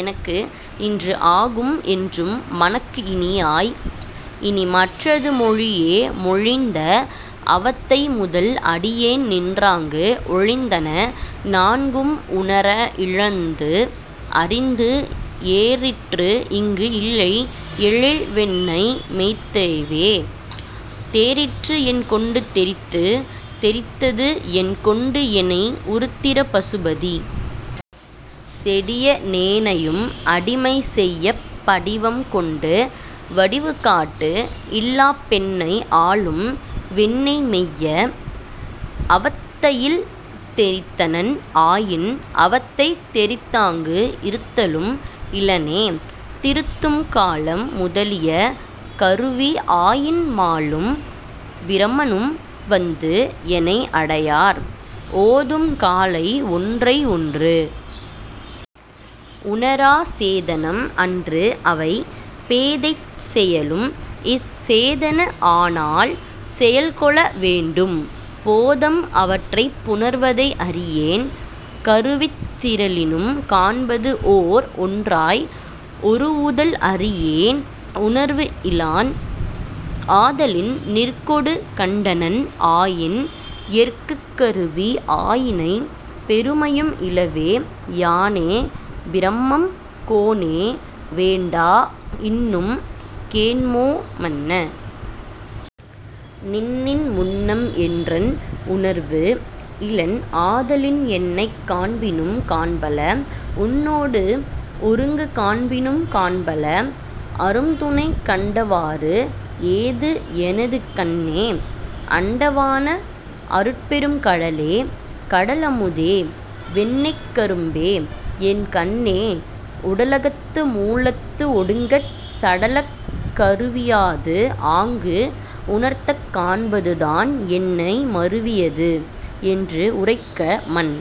எனக்கு இன்று ஆகும் என்றும் மனக்கு இனியாய்! இனி மற்றது மொழியே மொழிந்த அவத்தை முதல் அடியேன் நின்றாங்கு ஒழிந்தன நான்கும் உணர -- இழிந்து அறிந்து ஏறிற்று இங்கு இல்லை எழில் வெண்ணெய் மெய்த்தேவே! தேறிற்று என் கொண்டு தெரித்து. தெரித்தது என் கொண்டு எனை உருத்திர பசுபதி! செடிய னேனையும் அடிமை செய்யப் படிவம் கொண்டு வடிவுகாட்டு இல்லாப் பெண்ணை ஆளும் வெண்ணெய் மெய்ய! அவத்தையில் தெரித்தனன் ஆயின் அவத்தை தெரித்தாங்கு இருத்தலும் இலனே திருத்தும் காலம் முதலிய கருவி ஆயின் மாலும் பிரமனும் வந்து எனை அடையார் ஓதும் காலை ஒன்றை ஒன்று உணரா சேதனம் அன்று அவை பேதைச் செயலும் இச் சேதன ஆனால் செயல் கொள வேண்டும் போதம் அவற்றைப் புணர்வதை அறியேன் கருவித் திரளினும் காண்பது ஓர் ஒன்றாய் ஒருவுதல் அறியேன் உணர்வு இலன் ஆதலின் நிற்கொடு கண்டனன் ஆயின் எற்குக் கருவி ஆயினை பெருமையும் இலவே யானே பிரமம் கோனே வேண்டா இன்னும் கேண்மோ, மன்ன! நின்னின் முன்னம் என்றன் உணர்வு இலன் ஆதலின் என்னைக் காண்பினும் காண்பல உன்னோடு ஒருங்கு காண்பினும் காண்பல அரும்துணை கண்டவாறு ஏது எனது கண்ணே! அண்டவாண! அருட்பெரும் கடலே! கடல் அமுதே! வெண்ணெய்க் கரும்பே! என் கண்ணே! உடலகத்து மூலத்து ஒடுங்கச் -- சடலக் கருவியாது ஆங்கு உணர்த்தக் காண்பதுதான் என்னை மருவியது என்று உரைக்க மன்.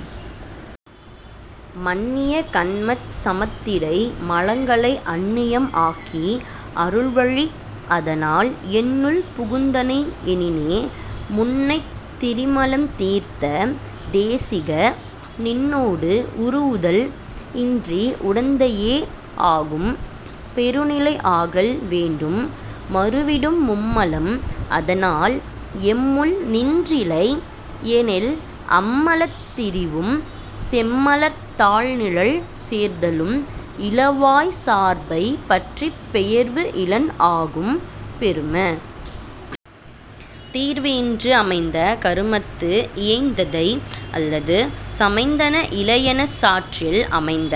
மன்னிய கன்மச் சமத்திடை மலங்களை அன்னியம் ஆக்கி அருள்வழி அதனால் என்னுள் புகுந்தனை எனினே முன்னைத் திரிமலம் தீர்த்த தேசிக! நின்னோடு உருவுதல் இன்றி உடந்தையே ஆகும் பெருநிலை ஆகல் வேண்டும் மருவிடும் மும்மலம் அதனால் எம்முள் நின்றிலை எனில் அம்மலத் திரிவும் செம்மலர்த் தாள்நிழல் சேர்தலும் இலவாய்ச் சார்பவை பற்றிப் பெயர்வு இலன் ஆகும், பெரும! தீர்வு இன்று அமைந்த கருமத்து இயைந்ததை அல்லது சமைந்தன இலஎனச் சாற்றில் அமைந்த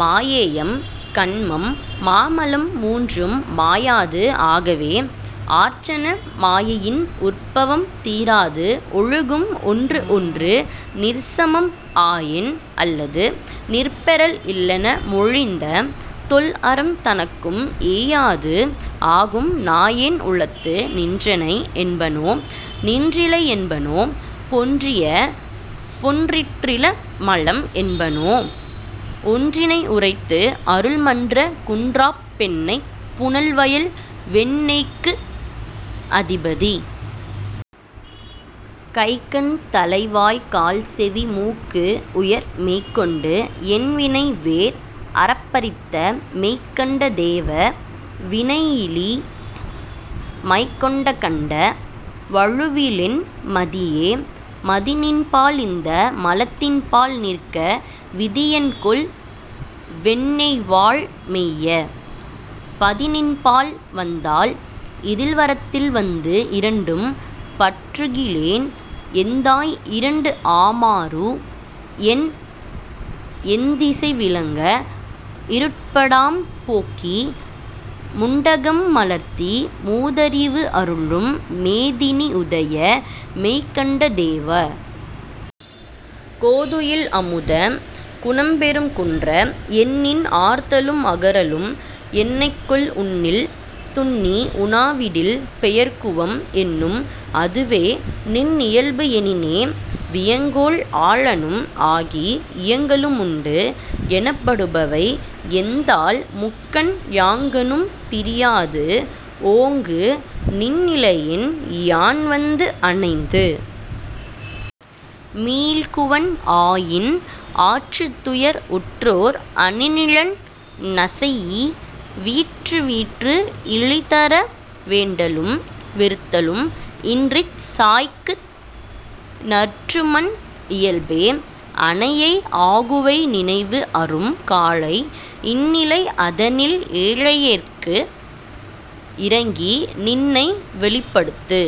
மாயேயம் கன்மம் மாமலம் மூன்றும் மாயாது ஆகவே ஆர்ச்சன மாயையின் உற்பவம் தீராது ஒழுகும் ஒன்று ஒன்று நிற்சமம் ஆயின் அல்லது நிற்பெறல் இல்லென மொழிந்த தொல் அறம் தனக்கும் ஏயாது ஆகும் நாயேன் உளத்து நின்றனை என்பனோ நின்றிலை என்பனோ பொன்றிய பொன்றிற்றில மலம் என்பனோ ஒன்றினை உரைத்து அருள் மன்ற குன்றாப் பெண்ணைப் புனல்வயல் வெண்ணெய்க்கு அதிபதி! கைகண் தலைவாய் கால்செவி மூக்கு உயர் மெய்கொண்டு என்வினை வேர் அறப் பறித்த மெய்கண்ட தேவ! வினையிலி! மைகொண்ட கண்ட! வழுவிலென் மதியே! மதிநின்பால் இந்த மலத்தின்பால் நிற்க விதிஎன்கொல் வெண்ணெய்வாழ் மெய்ய! -- பதிநின்பால் வந்தால் இதில்வரத்தில் வந்து இரண்டும் பற்றுகிலேன் எந்தாய் இரண்டு ஆமாறு என் எண்திசை விளங்க இருட்படாம் போக்கி முண்டகம் மலர்த்தி மூதறிவு அருளும் மேதினி உதய மெய்கண்ட தேவ! கோதுஇல் அமுத! குணப்பெரும் குன்ற! என்னின் ஆர்தலும் அகறலும் என்னைகொல் உன்னில் துன்னி உனாவிடில் பெயர்குவம் என்னும் அதுவே நின் இயல்பு எனினே வியங்கோள் ஆளனும் ஆகி இயங்கலும் உண்டு எனப்படுபவை எண்தாள் முக்கண் யாங்கணும் பிரியாது ஓங்கு நின் நிலையின் யான் வந்து அணைந்து மீள்குவன் ஆயின் ஆற்றுத்துயர் உற்றோர் அணிநிழல் நசைஇ வீற்றுவீற்று இழிதர வேண்டலும் வெறுத்தலும் இன்றிச் சாயைக்கு நன்றுமன் இயல்பே அனையை ஆகுவை நினைவு அரும் காலை இந்நிலை அதனில் ஏழையேற்கு இரங்கி நின்னை வெளிப்படுத்து